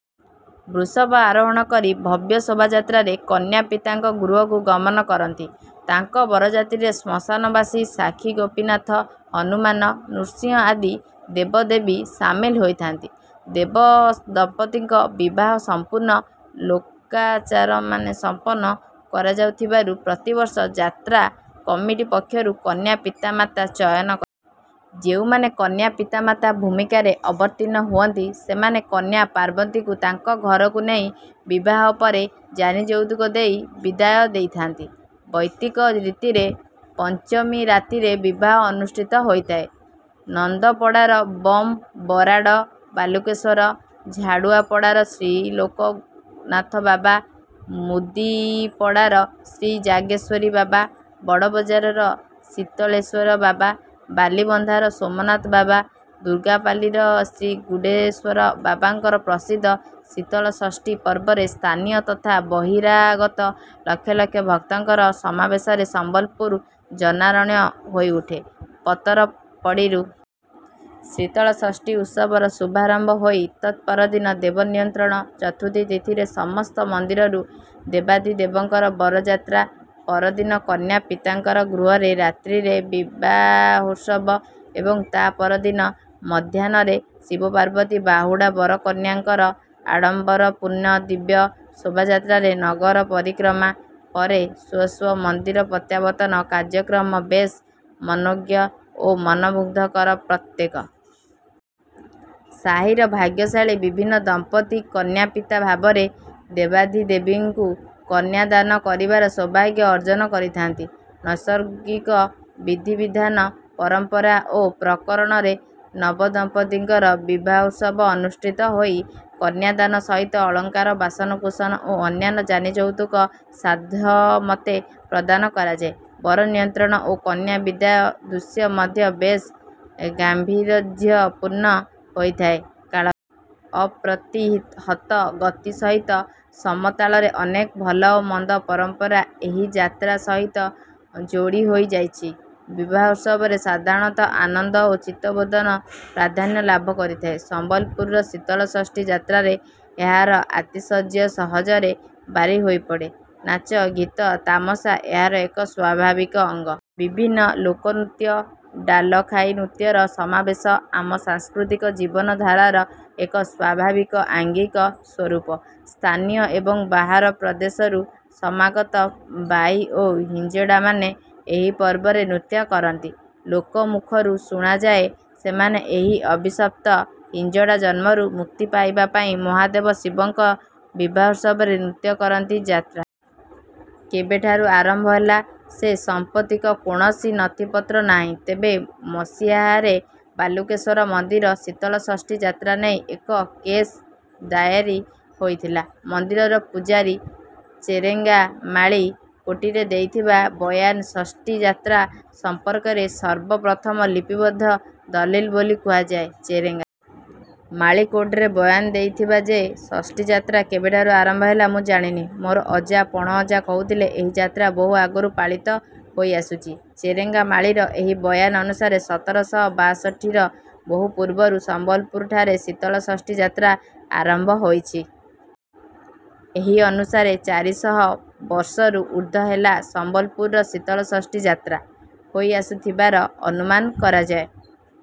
ବୃଷଭ ଆରୋହଣ କରି ଭବ୍ୟ ଶୋଭାଯାତ୍ରାରେ କନ୍ୟାପିତାଙ୍କ ଗୃହକୁ ଗମନ କରନ୍ତି। ତାଙ୍କ ବରଯାତ୍ରୀରେ ଶ୍ମଶାନବାସୀ, ସାକ୍ଷୀଗୋପୀନାଥ, ହନୁମାନ, ନୃସିଂହ ଆଦି ଦେବଦେବୀ ସାମିଲ ହୋଇଥାନ୍ତି। ଦେବଦମ୍ପତିଙ୍କ ବିବାହ ସମ୍ପୂର୍ଣ୍ଣ ଲୋକାଚାରରେମାନେ ସମ୍ପନ୍ନ କରାଯାଉଥିବାରୁ ପ୍ରତିବର୍ଷ ଯାତ୍ରା କମିଟି ପକ୍ଷରୁ କନ୍ୟା ପିତାମାତା ଚୟନ କରାଯାଏ। ଯେଉଁମାନେ କନ୍ୟା ପିତାମାତା ଭୂମିକାରେ ଅବତୀର୍ଣ୍ଣ ହୁଅନ୍ତି, ସେମାନେ କନ୍ୟା ପାର୍ବତୀଙ୍କୁ ତାଙ୍କ ଘରକୁ ନେଇ ବିବାହ ପରେ ଯାନିଯୌତୁକ ଦେଇ ବିଦାୟ ଦେଇଥାନ୍ତି। ବୈଦିକ ରୀତିରେ ପଞ୍ଚମୀ ରାତିରେ ବିବାହ ଅନୁଷ୍ଠିତ ହୋଇଥାଏ। ନନ୍ଦପଡ଼ାର ବମ୍ ବରାଡ଼ ବାଲୁଙ୍କେଶ୍ୱର, ଝାଡ଼ୁଆପଡ଼ାର ଶ୍ରୀଲୋକନାଥ ବାବା, ମୁଦିପଡ଼ାର ଶ୍ରୀଜାଗେଶ୍ୱର ବାବା, ବଡ଼ବଜାରର ଶୀତଳେଶ୍ୱର ବାବା, ବାଲିବନ୍ଧର ସୋମନାଥ ବାବା, ଦୁର୍ଗାପାଲିର ଶ୍ରୀଗୁଡ଼େଶ୍ୱର ବାବାଙ୍କ ପ୍ରସିଦ୍ଧ ଶୀତଳଷଷ୍ଠୀ ପର୍ବରେ ସ୍ଥାନୀୟ ତଥା ବହିରାଗତ ଲକ୍ଷ ଲକ୍ଷ ଭକ୍ତଙ୍କର ସମାବେଶରେ ସମ୍ବଲପୁର ଜନାରଣ୍ୟ ହୋଇଉଠେ। ପତରପେଁଡ଼ିରୁ ଶୀତଳଷଷ୍ଠୀ ଉତ୍ସବର ଶୁଭାରମ୍ଭ ହୋଇ, ତତ୍‌ପରଦିନ ଦେବ ନିମନ୍ତ୍ରଣ, ଚତୁର୍ଥୀ ତିଥିରେ ସମସ୍ତ ମନ୍ଦିରରୁ ଦେବାଧିଦେବଙ୍କ ବରଯାତ୍ରା, ପରଦିନ କନ୍ୟାପିତାଙ୍କ ଗୃହରେ ରାତ୍ରିରେ ବିବାହୋତ୍ସବ ଏବଂ ତା’ପରଦିନ ମଧ୍ୟାହ୍ନରେ ଶିବପାର୍ବତୀ ବାହୁଡ଼ା ବରକନ୍ୟାଙ୍କର ଆଡ଼ମ୍ବରପୂର୍ଣ୍ଣ ଦିବ୍ୟ ଶୋଭାଯାତ୍ରାରେ ନଗର ପରିକ୍ରମା ପରେ ସ୍ୱ ସ୍ୱ ମନ୍ଦିର ପ୍ରତ୍ୟାବର୍ତ୍ତନ କାର୍ଯ୍ୟକ୍ରମ ବେଶ୍ ମନୋଜ୍ଞ ଓ ମନମୁଗ୍ଧକର। ପ୍ରତ୍ୟେକ ସାହିର ଭାଗ୍ୟଶାଳୀ ବିଭିନ୍ନ ଦମ୍ପତି କନ୍ୟାପିତା ଭାବରେ ଦେବାଧିଦେବଙ୍କୁ କନ୍ୟାଦାନ କରିବାର ସୌଭାଗ୍ୟ ଅର୍ଜନ କରିଥାନ୍ତି। ନୈସର୍ଗିକ ବିଧିବିଧାନ, ପରମ୍ପରା ଓ ପ୍ରକରଣରେ ନବଦମ୍ପତିଙ୍କର ବିବାହୋତ୍ସବ ଅନୁଷ୍ଠିତ ହୋଇ କନ୍ୟାଦାନ ସହିତ ଅଳଙ୍କାର, ବାସନକୁସନ ଓ ଅନ୍ୟାନ୍ୟ ଯାନିଯୌତୁକ ସାଧ୍ୟମତେ ପ୍ରଦାନ କରାଯାଏ। ବର ନିମନ୍ତ୍ରଣ ଓ କନ୍ୟା ବିଦାୟ ଦୃଶ୍ୟ ମଧ୍ୟ ବେଶ୍ ଗାମ୍ଭୀର୍ଯ୍ୟପୂର୍ଣ୍ଣ ହୋଇଥାଏ। କାଳର ଅପ୍ରତିହତ ଗତି ସହିତ ସମତାଳରେ ଅନେକ ଭଲ ଓ ମନ୍ଦ ପରମ୍ପରା ଏହି ଯାତ୍ରା ସହିତ ଯୋଡ଼ି ହୋଇଯାଇଛି। ବିବାହୋତ୍ସବରେ ସାଧାରଣତଃ ଆନନ୍ଦ ଓ ଚିତ୍ତବିନୋଦନ ପ୍ରାଧାନ୍ୟ ଲାଭ କରିଥାଏ। ସମ୍ବଲପୁରର ଶୀତଳଷଷ୍ଠୀ ଯାତ୍ରାରେ ଏହାର ଆତିଶଯ୍ୟ ସହଜରେ ବାରି ହୋଇପଡ଼େ। ନାଚ, ଗୀତ, ତାମସା ଏହାର ଏକ ସ୍ୱାଭାବିକ ଅଙ୍ଗ। ବିଭିନ୍ନ ଲୋକନୃତ୍ୟ, ଡାଲଖାଇ ନୃତ୍ୟର ସମାବେଶ ଆମ ସାଂସ୍କୃତିକ ଜୀବନଧାରାର ଏକ ସ୍ୱାଭାବିକ ଆଙ୍ଗିକ ସ୍ୱରୂପ। ସ୍ଥାନୀୟ ଏବଂ ବାହାର ପ୍ରଦେଶରୁ ସମାଗତ ବାଈ ଓ ହିଞ୍ଜଡ଼ାମାନେ ଏହି ପର୍ବରେ ନୃତ୍ୟ କରନ୍ତି। ଲୋକମୁଖରୁ ଶୁଣାଯାଏ, "ସେମାନେ ଏହି ଅଭିଶପ୍ତ ହିଞ୍ଜଡ଼ା ଜନ୍ମରୁ ମୁକ୍ତି ପାଇବା ପାଇଁ ମହାଦେବ ଶିବଙ୍କ ବିବାହୋତ୍ସବରେ ନୃତ୍ୟ କରନ୍ତି"।ଯାତ୍ରା କେବେଠାରୁ ଆରମ୍ଭ ହେଲା, ସେ ସମ୍ପର୍କିତ କୌଣସି ନଥିପତ୍ର ନାହିଁ। ତେବେ ମସିହାରେ ବାଲୁଙ୍କେଶ୍ୱର ମନ୍ଦିର ଶୀତଳଷଷ୍ଠୀ ଯାତ୍ରା ନେଇ ଏକ କେସ୍ ଦାଏର ହୋଇଥିଲା। ମନ୍ଦିରର ପୂଜାରୀ ଚେରେଙ୍ଗା ମାଳୀ କୋର୍ଟରେ ଦେଇଥିବା ବୟାନ ଷଷ୍ଠୀ ଯାତ୍ରା ସମ୍ପର୍କରେ ସର୍ବପ୍ରଥମ ଲିପିବଦ୍ଧ ଦଲିଲ ବୋଲି କୁହାଯାଏ। ଚେରେଙ୍ଗା ମାଳୀ କୋର୍ଟରେ ବୟାନ ଦେଇଥିଲା ଯେ, ଷଷ୍ଠୀ ଯାତ୍ରା କେବେଠାରୁ ଆରମ୍ଭ ହେଲା ମୁଁ ଜାଣିନି। ମୋର ଅଜା, ପଣଅଜା କହୁଥିଲେ ଏହି ଯାତ୍ରା ବହୁ ଆଗରୁ ପାଳିତ ହୋଇଆସୁଛି। ଚେରେଙ୍ଗା ମାଳୀର ଏହି ବୟାନ ଅନୁସାରେ ସତର ଶହ ବାଷଠିର ବହୁ ପୂର୍ବରୁ ସମ୍ବଲପୁରରେ ଶୀତଳଷଷ୍ଠୀ ଯାତ୍ରା ଆରମ୍ଭ ହୋଇଛି। ଏହି ଅନୁସାରେ ଚାରି ଶହ ବର୍ଷରୁ ଊର୍ଦ୍ଧ୍ୱ ହେଲା ସମ୍ବଲପୁର ଶୀତଳଷଷ୍ଠୀ ଯାତ୍ରା ହୋଇଆସୁଥିବାର ଅନୁମାନ କରାଯାଏ।